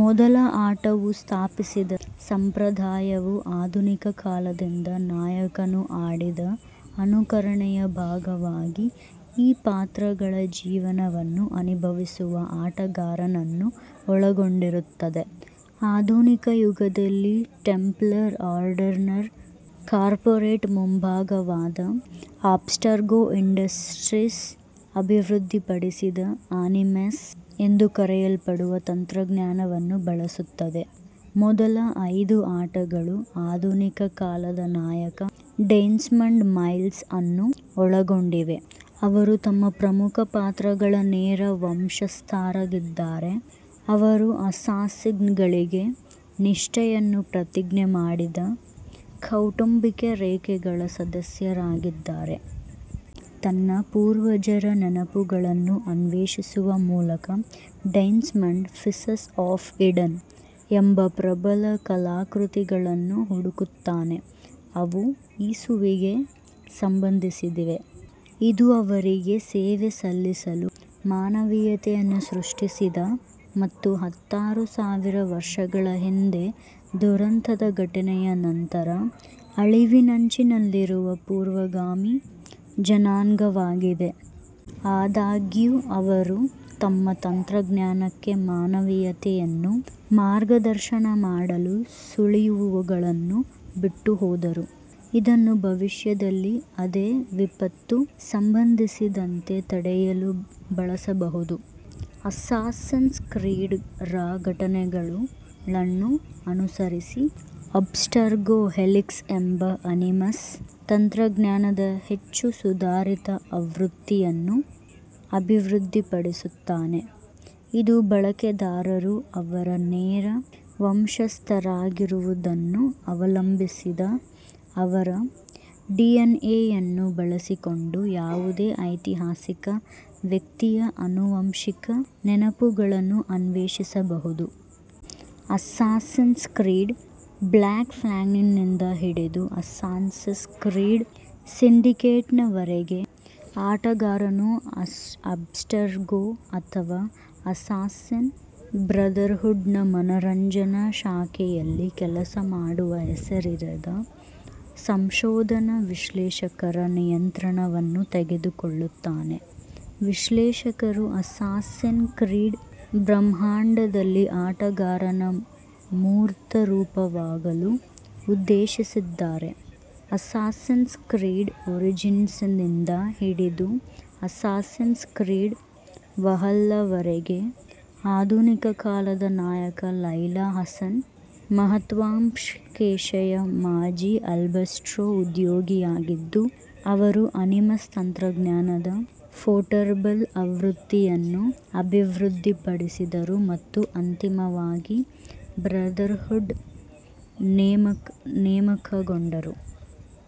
ಮೊದಲ ಆಟವು ಸ್ಥಾಪಿಸಿದ ಸಂಪ್ರದಾಯವು ಆಧುನಿಕ ಕಾಲದಿಂದ ನಾಯಕನು ಆಡಿದ ಅನುಕರಣೆಯ ಭಾಗವಾಗಿ ಈ ಪಾತ್ರಗಳ ಜೀವನವನ್ನು ಅನುಭವಿಸುವ ಆಟಗಾರನನ್ನು ಒಳಗೊಂಡಿರುತ್ತದೆ, ಆಧುನಿಕ ಯುಗದಲ್ಲಿ ಟೆಂಪ್ಲರ್ ಆರ್ಡರ್ನ ಕಾರ್ಪೊರೇಟ್ ಮುಂಭಾಗವಾದ ಅಬ್ಸ್ಟರ್ಗೊ ಇಂಡಸ್ಟ್ರೀಸ್ ಅಭಿವೃದ್ಧಿಪಡಿಸಿದ ಅನಿಮಸ್ ಎಂದು ಕರೆಯಲ್ಪಡುವ ತಂತ್ರಜ್ಞಾನವನ್ನು ಬಳಸುತ್ತದೆ. ಮೊದಲ ಐದು ಆಟಗಳು ಆಧುನಿಕ ಕಾಲದ ನಾಯಕ ಡೆಸ್ಮಂಡ್ ಮೈಲ್ಸ್ ಅನ್ನು ಒಳಗೊಂಡಿವೆ, ಅವರು ತಮ್ಮ ಪ್ರಮುಖ ಪಾತ್ರಗಳ ನೇರ ವಂಶಸ್ಥರಾಗಿದ್ದಾರೆ, ಅವರು ಅಸ್ಸಾಸಿನ್ಗಳಿಗೆ ನಿಷ್ಠೆಯನ್ನು ಪ್ರತಿಜ್ಞೆ ಮಾಡಿದ ಕೌಟುಂಬಿಕ ರೇಖೆಗಳ ಸದಸ್ಯರಾಗಿದ್ದಾರೆ. ತನ್ನ ಪೂರ್ವಜರ ನೆನಪುಗಳನ್ನು ಅನ್ವೇಷಿಸುವ ಮೂಲಕ, ಡೆಸ್ಮಂಡ್ "ಪೀಸಸ್ ಆಫ್ ಈಡನ್" ಎಂಬ ಪ್ರಬಲ ಕಲಾಕೃತಿಗಳನ್ನು ಹುಡುಕುತ್ತಾನೆ, ಅವು ಇಸುವಿಗೆ ಸಂಬಂಧಿಸಿವೆ, ಇದು ಅವರಿಗೆ ಸೇವೆ ಸಲ್ಲಿಸಲು ಮಾನವೀಯತೆಯನ್ನು ಸೃಷ್ಟಿಸಿದ ಮತ್ತು ಹತ್ತಾರು ಸಾವಿರ ವರ್ಷಗಳ ಹಿಂದೆ ದುರಂತದ ಘಟನೆಯ ನಂತರ ಅಳಿವಿನಂಚಿನಲ್ಲಿರುವ ಪೂರ್ವಗಾಮಿ ಜನಾಂಗವಾಗಿದೆ. ಆದಾಗ್ಯೂ, ಅವರು ತಮ್ಮ ತಂತ್ರಜ್ಞಾನಕ್ಕೆ ಮಾನವೀಯತೆಯನ್ನು ಮಾರ್ಗದರ್ಶನ ಮಾಡಲು ಸುಳಿವುಗಳನ್ನು ಬಿಟ್ಟುಹೋದರು, ಇದನ್ನು ಭವಿಷ್ಯದಲ್ಲಿ ಅದೇ ವಿಪತ್ತು ಸಂಭವಿಸದಂತೆ ತಡೆಯಲು ಬಳಸಬಹುದು. ಅಸ್ಸಾಸಿನ್ಸ್ ಕ್ರೀಡ್ ರ ಘಟನೆಗಳನ್ನು ಅನುಸರಿಸಿ, ಅಬ್ಸ್ಟರ್ಗೊ ಹೆಲಿಕ್ಸ್ ಎಂಬ ಅನಿಮಸ್ ತಂತ್ರಜ್ಞಾನದ ಹೆಚ್ಚು ಸುಧಾರಿತ ಆವೃತ್ತಿಯನ್ನು ಅಭಿವೃದ್ಧಿಪಡಿಸುತ್ತಾನೆ, ಇದು ಬಳಕೆದಾರರು ಅವರ ನೇರ ವಂಶಸ್ಥರಾಗಿರುವುದನ್ನು ಅವಲಂಬಿಸದೆ ಅವರ ಡಿಎನ್ಎಯನ್ನು ಬಳಸಿಕೊಂಡು ಯಾವುದೇ ಐತಿಹಾಸಿಕ ವ್ಯಕ್ತಿಯ ಆನುವಂಶಿಕ ನೆನಪುಗಳನ್ನು ಅನ್ವೇಷಿಸಬಹುದು. ಅಸ್ಸಾಸಿನ್ಸ್ ಕ್ರೀಡ್: ಬ್ಲ್ಯಾಕ್ ಫ್ಲಾಗ್ನಿಂದ ಹಿಡಿದು ಅಸ್ಸಾಸಿನ್ಸ್ ಕ್ರೀಡ್ ಸಿಂಡಿಕೇಟ್ನವರೆಗೆ, ಆಟಗಾರನು ಅಬ್ಸ್ಟರ್ಗೊ ಅಥವಾ ಅಸ್ಸಾಸಿನ್ ಬ್ರದರ್ಹುಡ್ನ ಮನರಂಜನಾ ಶಾಖೆಯಲ್ಲಿ ಕೆಲಸ ಮಾಡುವ ಹೆಸರಿಸದ ಸಂಶೋಧನಾ ವಿಶ್ಲೇಷಕರ ನಿಯಂತ್ರಣವನ್ನು ತೆಗೆದುಕೊಳ್ಳುತ್ತಾನೆ; ವಿಶ್ಲೇಷಕರು ಅಸ್ಸಾಸಿನ್ಸ್ ಕ್ರೀಡ್ ಬ್ರಹ್ಮಾಂಡದಲ್ಲಿ ಆಟಗಾರನ ಮೂರ್ತರೂಪವಾಗಲು ಉದ್ದೇಶಿಸಿದ್ದಾರೆ. ಅಸ್ಸಾಸಿನ್ಸ್ ಕ್ರೀಡ್ ಒರಿಜಿನ್ಸ್ನಿಂದ ಹಿಡಿದು ಅಸ್ಸಾಸಿನ್ಸ್ ಕ್ರೀಡ್ ವಲ್ಹಲ್ಲಾವರೆಗೆ, ಆಧುನಿಕ ಕಾಲದ ನಾಯಕ ಲೈಲಾ ಹಸನ್, ಮಹತ್ವಾಕಾಂಕ್ಷೆಯ ಮಾಜಿ ಅಬ್ಸ್ಟರ್ಗೊ ಉದ್ಯೋಗಿಯಾಗಿದ್ದು, ಅವರು ಅನಿಮಸ್ ತಂತ್ರಜ್ಞಾನದ ಪೋರ್ಟಬಲ್ ಆವೃತ್ತಿಯನ್ನು ಅಭಿವೃದ್ಧಿಪಡಿಸಿದರು ಮತ್ತು ಅಂತಿಮವಾಗಿ ಬ್ರದರ್ಹುಡ್ಗೆ ನೇಮಕಗೊಂಡರು.